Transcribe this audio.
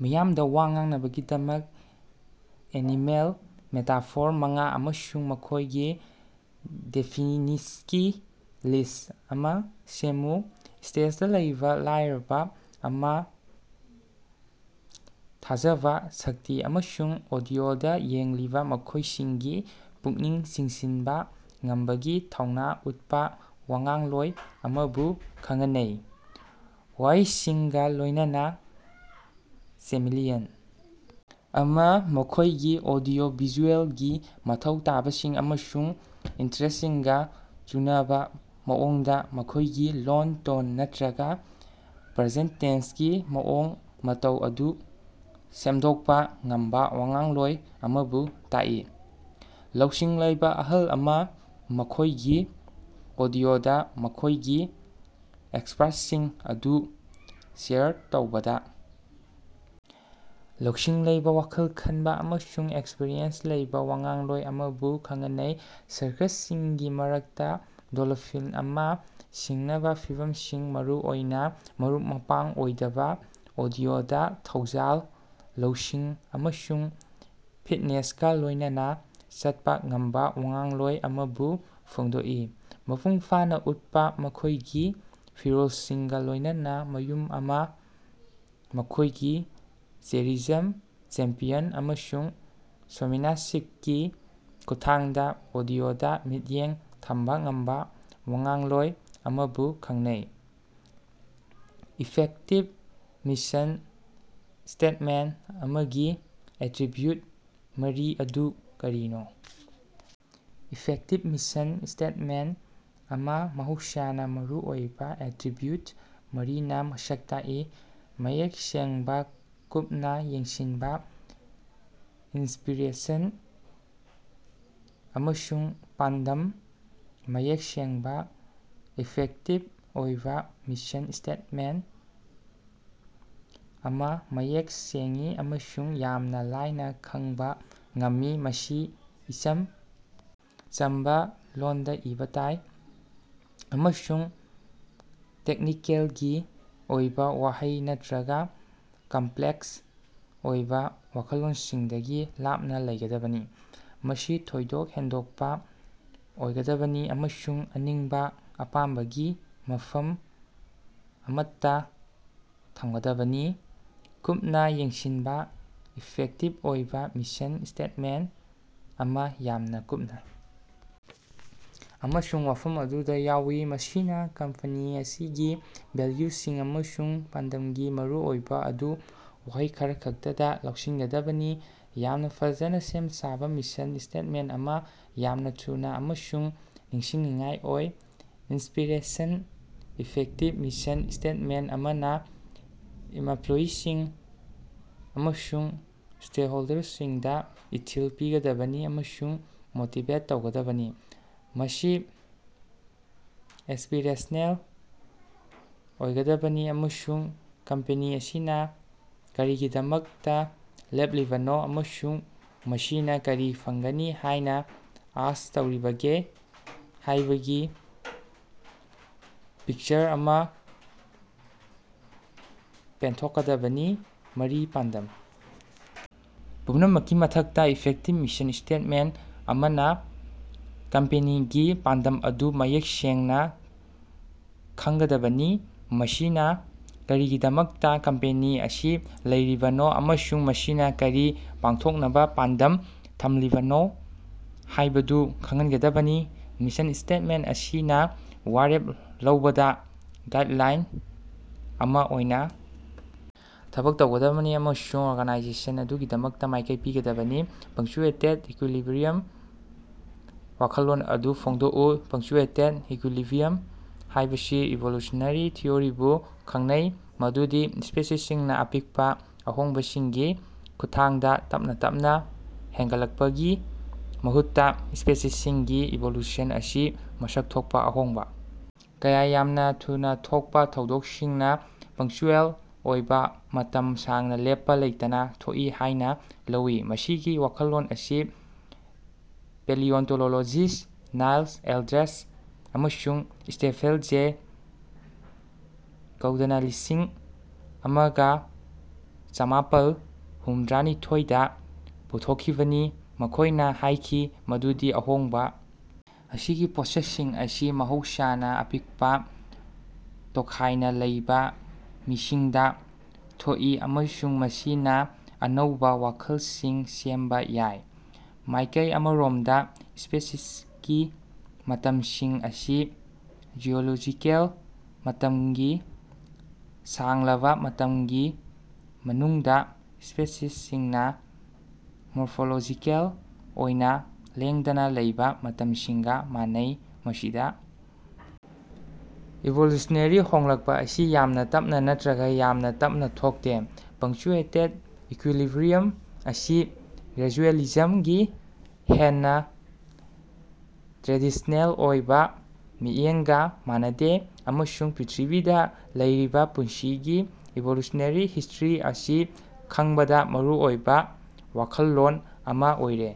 ꯃꯤꯌꯥꯝꯗ ꯋꯥ ꯉꯥꯡꯅꯕꯒꯤꯗꯃꯛ animal metaphor ꯃꯉꯥ ꯑꯃꯁꯨꯡ ꯃꯈꯣꯏꯒꯤ ꯗꯦꯐꯤꯅꯤꯁꯒꯤ ꯂꯤꯁ ꯑꯃ ꯁꯦꯝꯃꯨ꯫ "ꯁ꯭ꯇꯦꯖꯗꯥ ꯂꯩꯕ ꯂꯥꯏꯔꯕ ꯑꯃ" ꯊꯥꯖꯕ, ꯁꯛꯇꯤ ꯑꯃꯁꯨꯡ ꯑꯣꯗꯤꯑꯣꯗ ꯌꯦꯡꯂꯤꯕ ꯃꯤꯑꯣꯏꯁꯤꯡꯒꯤ ꯄꯨꯛꯅꯤꯡ ꯆꯤꯡꯁꯤꯟꯕ ꯉꯝꯕꯒꯤ ꯊꯧꯅ ꯎꯠꯄꯥ ꯋꯥꯉꯥꯡꯂꯣꯏ ꯑꯃꯕꯨ ꯈꯉꯅꯩ꯫ "ꯋꯥꯍꯩꯁꯤꯡꯒ ꯂꯣꯏꯅꯅꯥ ꯆꯦꯃꯦꯂꯤꯌꯟ ꯑꯃꯥ ꯃꯈꯣꯏꯒꯤ ꯑꯣꯗꯤꯑꯣ-ꯚꯤꯖꯨꯑꯦꯜꯒꯤ ꯃꯊꯧ ꯇꯥꯕꯁꯤꯡ ꯑꯃꯁꯨꯡ ꯏꯟꯇꯔꯦꯁ꯭ꯇꯁꯤꯡꯒ ꯆꯨꯅꯕꯥ ꯃꯑꯣꯡꯗ ꯃꯈꯣꯏꯒꯤ ꯂꯣꯟ, ꯇꯣꯟ ꯅꯠꯇꯔꯒ ꯄ꯭ꯔꯖꯦꯟꯇꯦꯟꯁꯀꯤ ꯃꯑꯣꯡ ꯃꯇꯧ ꯑꯗꯨ ꯁꯦꯝꯗꯣꯛꯄꯥ ꯉꯝꯕꯥ ꯋꯥꯉꯥꯡꯂꯣꯏ ꯑꯃꯕꯨ ꯇꯥꯛꯏ꯫ "ꯂꯧꯁꯤꯡ ꯂꯩꯕ ꯑꯍꯜ ꯑꯃ" ꯃꯈꯣꯏꯒꯤ ꯑꯣꯗꯤꯑꯣꯗ ꯃꯈꯣꯏꯒꯤ ꯑꯦꯛꯁꯄꯔꯇꯁꯤꯡ ꯑꯗꯨ ꯁꯦꯌꯔ ꯇꯧꯕꯗ ꯂꯧꯁꯤꯡ ꯂꯩꯕꯥ, ꯋꯥꯈꯜ ꯈꯟꯕ ꯑꯃꯁꯨꯡ ꯑꯦꯛꯁꯄꯔꯤꯌꯦꯟꯁ ꯂꯩꯕ ꯋꯥꯉꯥꯡꯂꯣꯏ ꯑꯃꯕꯨ ꯈꯉꯅꯩ꯫ "ꯁꯥꯔꯀꯁꯁꯤꯡꯒꯤ ꯃꯔꯛꯇꯥ ꯗꯣꯂꯐꯤꯟ ꯑꯃ" ꯁꯤꯡꯅꯕ ꯐꯤꯚꯝꯁꯤꯡ, ꯃꯔꯨꯑꯣꯏꯅ ꯃꯔꯨꯞ-ꯃꯄꯥꯡ ꯑꯣꯏꯗꯕ ꯑꯣꯗꯤꯑꯣꯗ, ꯊꯧꯖꯥꯜ, ꯂꯧꯁꯤꯡ ꯑꯃꯁꯨꯡ ꯐꯤꯠꯅꯦꯁꯀꯥ ꯂꯣꯏꯅꯅꯥ ꯆꯠꯄꯥ ꯉꯝꯕ ꯋꯥꯉꯥꯡꯂꯣꯏ ꯑꯃꯕꯨ ꯐꯣꯡꯗꯣꯛꯏ꯫ ꯃꯄꯨꯡ ꯐꯥꯅ ꯎꯠꯄꯥ ꯃꯈꯣꯏꯒꯤ ꯐꯤꯔꯣꯜꯁꯤꯡꯒ ꯂꯣꯏꯅꯅꯥ ꯃꯌꯨꯝ ꯑꯃ" ꯃꯈꯣꯏꯒꯤ ꯆꯦꯔꯤꯖꯝ, ꯆꯦꯝꯄꯤꯌꯟ, ꯑꯃꯁꯨꯡ ꯁꯣꯃꯦꯅꯁꯤꯞꯀꯤ ꯈꯨꯠꯊꯥꯡꯗ ꯑꯣꯗꯤꯑꯣꯗ ꯃꯤꯠꯌꯦꯡ ꯊꯝꯕꯥ ꯉꯝꯕꯥ ꯋꯥꯉꯥꯡꯂꯣꯏ ꯑꯃꯕꯨ ꯈꯪꯅꯩ꯫ ꯏꯐꯦꯛꯇꯤꯕ ꯃꯤꯁꯟ ꯁ꯭ꯇꯦꯠꯃꯦꯟꯇ ꯑꯃꯒꯤ ꯑꯦꯇꯔꯤꯕ꯭ꯌꯨꯠ ꯃꯔꯤ ꯑꯗꯨ ꯀꯔꯤꯅꯣ? ꯏꯐꯦꯛꯇꯤꯕ ꯃꯤꯁꯟ ꯁ꯭ꯇꯦꯠꯃꯦꯟꯇ ꯑꯃ ꯃꯍꯧꯁꯥꯅ ꯃꯔꯨꯑꯣꯏꯕ ꯑꯦꯇꯔꯤꯕ꯭ꯌꯨꯠ ꯃꯔꯤꯅ ꯃꯁꯛ ꯇꯥꯛꯏ: ꯃꯌꯦꯛ ꯁꯦꯡꯕꯥ, ꯀꯨꯞꯅꯥ ꯌꯦꯡꯁꯤꯟꯕꯥ, ꯏꯟꯁꯄꯤꯔꯦꯁꯟ ꯑꯃꯁꯨꯡ ꯄꯥꯟꯗꯝ꯫ ꯃꯌꯦꯛ ꯁꯦꯡꯕꯥ: ꯏꯐꯦꯛꯇꯤꯕ ꯑꯣꯏꯕꯥ ꯃꯤꯁꯟ ꯁ꯭ꯇꯦꯠꯃꯦꯟꯇ ꯑꯃ ꯃꯌꯦꯛ ꯁꯦꯡꯏ ꯑꯃꯁꯨꯡ ꯌꯥꯝꯅ ꯂꯥꯏꯅ ꯈꯪꯕ ꯉꯝꯃꯤ꯫ ꯃꯁꯤ ꯏꯆꯝ ꯆꯝꯕꯥ ꯂꯣꯟꯗ ꯏꯕꯥ ꯇꯥꯏ ꯑꯃꯁꯨꯡ ꯇꯦꯛꯅꯤꯀꯦꯜꯒꯤ ꯑꯣꯏꯕ ꯋꯥꯍꯩ ꯅꯠꯇꯔꯒ ꯀꯝꯄꯂꯦꯛꯁ ꯑꯣꯏꯕ ꯋꯥꯈꯜꯂꯣꯟꯁꯤꯡꯗꯒꯤ ꯂꯥꯞꯅ ꯂꯩꯒꯗꯕꯅꯤ꯫ ꯃꯁꯤ ꯊꯣꯏꯗꯣꯛ ꯍꯦꯟꯗꯣꯛꯄ ꯑꯣꯏꯒꯗꯕꯅꯤ ꯑꯃꯁꯨꯡ ꯑꯅꯤꯡꯕꯥ ꯑꯄꯥꯝꯕꯒꯤ ꯃꯐꯝ ꯑꯃꯠꯇꯥ ꯊꯝꯒꯗꯕꯅꯤ꯫ ꯀꯨꯞꯅꯥ ꯌꯦꯡꯁꯤꯟꯕꯥ: ꯏꯐꯦꯛꯇꯤꯕ ꯑꯣꯏꯕꯥ ꯃꯤꯁꯟ ꯁ꯭ꯇꯦꯠꯃꯦꯟꯇ ꯑꯃ ꯌꯥꯝꯅ ꯀꯨꯞꯅꯥ ꯑꯃꯁꯨꯡ ꯋꯥꯐꯝ ꯑꯗꯨꯗ ꯌꯧꯏ꯫ ꯃꯁꯤꯅ ꯀꯝꯄꯦꯅꯤ ꯑꯁꯤꯒꯤ ꯚꯦꯜꯌꯨꯁꯤꯡ ꯑꯃꯁꯨꯡ ꯄꯥꯟꯗꯝꯒꯤ ꯃꯔꯨꯑꯣꯏꯕ ꯑꯗꯨ ꯋꯥꯍꯩ ꯈꯔꯈꯛꯇꯗ ꯂꯧꯁꯤꯟꯒꯗꯕꯅꯤ꯫ ꯌꯥꯝꯅ ꯐꯖꯅꯥ ꯁꯦꯝ ꯁꯥꯕ ꯃꯤꯁꯟ ꯁ꯭ꯇꯦꯠꯃꯦꯟꯇ ꯑꯃ ꯌꯥꯝꯅ ꯊꯨꯅꯥ ꯑꯃꯁꯨꯡ ꯅꯤꯡꯁꯤꯡꯅꯤꯡꯉꯥꯏ ꯑꯣꯏ꯫ ꯏꯟꯁꯄꯤꯔꯦꯁꯟ: ꯏꯐꯦꯛꯇꯤꯕ ꯃꯤꯁꯟ ꯁ꯭ꯇꯦꯠꯃꯦꯟꯇ ꯑꯃꯅ ꯏꯃꯄꯂꯣꯌꯤꯁꯤꯡ ꯑꯃꯁꯨꯡ ꯁ꯭ꯇꯦꯍꯣꯜꯗꯔꯁꯤꯡꯗ ꯏꯊꯤꯜ ꯄꯤꯒꯗꯕꯅꯤ ꯑꯃꯁꯨꯡ ꯃꯣꯇꯤꯕꯦꯠ ꯇꯧꯒꯗꯕꯅꯤ꯫ ꯃꯁꯤ ꯑꯦꯁ꯭ꯄꯤꯔꯦꯁꯅꯦꯜ ꯑꯣꯏꯒꯗꯕꯅꯤ ꯑꯃꯁꯨꯡ ꯀꯝꯄꯦꯅꯤ ꯑꯁꯤꯅ ꯀꯔꯤꯒꯤꯗꯃꯛꯇ ꯂꯦꯞꯂꯤꯕꯅꯣ, ꯑꯃꯁꯨꯡ ꯃꯁꯤꯅꯥ ꯀꯔꯤ ꯐꯪꯒꯅꯤ ꯍꯥꯏꯅ ꯑꯥꯁ ꯇꯧꯔꯤꯕꯒꯦ ꯍꯥꯏꯕꯒꯤ ꯄꯤꯛꯆꯔ ꯑꯃ ꯄꯦꯟꯊꯣꯛꯀꯗꯕꯅꯤ꯫ ꯃꯔꯤ. ꯄꯥꯟꯗꯝ ꯄꯨꯝꯅꯃꯛꯀꯤ ꯃꯊꯛꯇꯥ, ꯏꯐꯦꯛꯇꯤꯕ ꯃꯤꯁꯟ ꯁ꯭ꯇꯦꯠꯃꯦꯟꯇ ꯑꯃꯅ ꯀꯝꯄꯦꯅꯤꯒꯤ ꯄꯥꯟꯗꯝ ꯑꯗꯨ ꯃꯌꯦꯛ ꯁꯦꯡꯅꯥ ꯈꯪꯒꯗꯕꯅꯤ꯫ ꯃꯁꯤꯅ ꯀꯔꯤꯒꯤꯗꯃꯛꯇꯥ ꯀꯝꯄꯦꯅꯤ ꯑꯁꯤ ꯂꯩꯔꯤꯕꯅꯣ ꯑꯃꯁꯨꯡ ꯃꯁꯤꯅ ꯀꯔꯤ ꯄꯥꯡꯊꯣꯛꯅꯕ ꯄꯥꯟꯗꯝ ꯊꯝꯂꯤꯕꯅꯣ ꯍꯥꯏꯕꯗꯨ ꯈꯪꯍꯟꯒꯗꯕꯅꯤ꯫ ꯃꯤꯁꯟ ꯁ꯭ꯇꯦꯠꯃꯦꯟꯇ ꯑꯁꯤꯅ ꯋꯥꯔꯦꯞ ꯂꯧꯕꯗ ꯒꯥꯏꯗꯂꯥꯏꯟ ꯑꯃ ꯑꯣꯏꯅ ꯊꯕꯛ ꯇꯧꯒꯗꯕꯅꯤ ꯑꯃꯁꯨꯡ ꯑꯣꯔꯒꯥꯅꯥꯏꯖꯦꯁꯟ ꯑꯗꯨꯒꯤꯗꯃꯛꯇ ꯃꯥꯏꯀꯩ ꯄꯤꯒꯗꯕꯅꯤ꯫ ꯄꯪꯆ꯭ꯌꯨꯑꯦꯇꯦꯠ ꯏꯀꯌꯨꯂꯤꯕꯔꯤꯌꯝ ꯋꯥꯈꯜꯂꯣꯟ ꯑꯗꯨ ꯐꯣꯡꯗꯣꯛꯎ꯫ ꯄꯪꯆ꯭ꯌꯨꯑꯦꯇꯦꯠ ꯏꯀꯌꯨꯂꯤꯕꯤꯌꯝ ꯍꯥꯏꯕꯁꯤ ꯏꯚꯣꯂꯨꯁꯟꯅꯦꯔꯤ ꯊꯤꯑꯣꯔꯤꯕꯨ ꯈꯪꯅꯩ ꯃꯗꯨꯗꯤ ꯁ꯭ꯄꯦꯁꯤꯁꯁꯤꯡꯅꯥ ꯑꯄꯤꯛꯄꯥ ꯑꯍꯣꯡꯕꯁꯤꯡꯒꯤ ꯈꯨꯠꯊꯥꯡꯗ ꯇꯞꯅꯥ ꯇꯞꯅꯥ ꯍꯦꯟꯒꯠꯂꯛꯄꯒꯤ ꯃꯍꯨꯠꯇꯥ, ꯁ꯭ꯄꯦꯁꯤꯁꯁꯤꯡꯒꯤ ꯏꯚꯣꯂꯨꯁꯟ ꯑꯁꯤ ꯃꯁꯛ ꯊꯣꯛꯄꯥ ꯑꯍꯣꯡꯕꯥ ꯀꯌꯥ ꯌꯥꯝꯅ ꯊꯨꯅ ꯊꯣꯛꯄꯥ ꯊꯧꯗꯣꯛꯁꯤꯡꯅ ꯄꯪꯆ꯭ꯌꯨꯑꯦꯜ ꯑꯣꯏꯕ ꯃꯇꯝ ꯁꯥꯡꯅ ꯂꯦꯞꯄꯥ ꯂꯩꯇꯅ ꯊꯣꯛꯏ ꯍꯥꯏꯅ ꯂꯧꯏ꯫ ꯃꯁꯤꯒꯤ ꯋꯥꯈꯜꯂꯣꯟ ꯑꯁꯤ ꯄꯦꯂꯤꯑꯣꯟꯇꯣꯂꯣꯖꯤꯁ꯭ꯠ ꯅꯥꯏꯂꯁ ꯑꯦꯜꯗ꯭ꯔꯦꯖ ꯑꯃꯁꯨꯡ ꯁ꯭ꯇꯦꯐꯦꯟ ꯖꯦ ꯒꯧꯜꯗꯅꯂꯤꯁꯤꯡ ꯑꯃꯒ ꯆꯃꯥꯄꯜ ꯍꯨꯝꯗ꯭ꯔꯥꯅꯤꯊ‌ꯣꯏ ꯗꯥ ꯄꯨꯊꯣꯛꯈꯤꯕꯅꯤ, ꯃꯈꯣꯏꯅ ꯍꯥꯏꯈꯤ ꯃꯗꯨꯗꯤ ꯑꯍꯣꯡꯕ ꯑꯁꯤꯒꯤ ꯄꯣꯠꯁꯛꯁꯤꯡ ꯑꯁꯤ ꯃꯍꯧꯁꯥꯅ ꯑꯄꯤꯛꯄ ꯇꯣꯈꯥꯏꯅ ꯂꯩꯕ ꯃꯤꯁꯤꯡꯗ ꯊꯣꯛꯏ ꯑꯃꯁꯨꯡ ꯃꯁꯤꯅꯥ ꯑꯅꯧꯕꯥ ꯋꯈꯜꯁꯤꯡ ꯁꯦꯝꯕꯥ ꯌꯥꯏ꯫ ꯃꯥꯏꯀꯩ ꯑꯃꯔꯣꯝꯗꯥ ꯁ꯭ꯄꯦꯁꯤꯁꯀꯤ ꯃꯇꯝꯁꯤꯡ ꯑꯁꯤ ꯖꯤꯑꯣꯂꯣꯖꯤꯀꯦꯜ ꯃꯇꯝꯒꯤ ꯁꯥꯡꯂꯕꯥ ꯃꯇꯝꯒꯤ ꯃꯅꯨꯡꯗꯥ ꯁ꯭ꯄꯦꯁꯤꯁꯁꯤꯡꯅ ꯃꯣꯔꯐꯣꯂꯣꯖꯤꯀꯦꯜ ꯑꯣꯏꯅꯥ ꯂꯦꯡꯗꯅꯥ ꯂꯩꯕ ꯃꯇꯝꯁꯤꯡꯒ ꯃꯥꯟꯅꯩ, ꯃꯁꯤꯗ ꯏꯚꯣꯂꯨꯁꯅꯦꯔꯤ ꯍꯣꯡꯂꯛꯄꯥ ꯑꯁꯤ ꯌꯥꯝꯅ ꯇꯞꯅꯥ ꯅꯠꯇꯔꯒ ꯌꯥꯝꯅ ꯇꯞꯅꯥ ꯊꯣꯛꯇꯦ꯫ ꯄꯪꯆ꯭ꯌꯨꯑꯦꯇꯦꯠ ꯏꯀꯌꯨꯂꯤꯕꯔꯤꯌꯝ ꯑꯁꯤ ꯒ꯭ꯔꯦꯖꯨꯑꯦꯂꯤꯖꯝꯒꯤ ꯍꯦꯟꯅꯥ ꯇ꯭ꯔꯦꯗꯤꯁ꯭ꯅꯦꯜ ꯑꯣꯏꯕ ꯃꯤꯠꯌꯦꯡꯒ ꯃꯥꯟꯅꯗꯦ ꯑꯃꯁꯨꯡ ꯄ꯭ꯔ꯭ꯤꯊꯤꯕꯤꯗ ꯂꯩꯔꯤꯕ ꯄꯨꯟꯁꯤꯒꯤ ꯏꯚꯣꯂꯨꯁꯅꯦꯔꯤ ꯍꯤꯁ꯭ꯇꯔꯤ ꯑꯁꯤ ꯈꯪꯕꯗ ꯃꯔꯨꯑꯣꯏꯕ ꯋꯥꯈꯜꯂꯣꯟ ꯑꯃ ꯑꯣꯏꯔꯦ꯫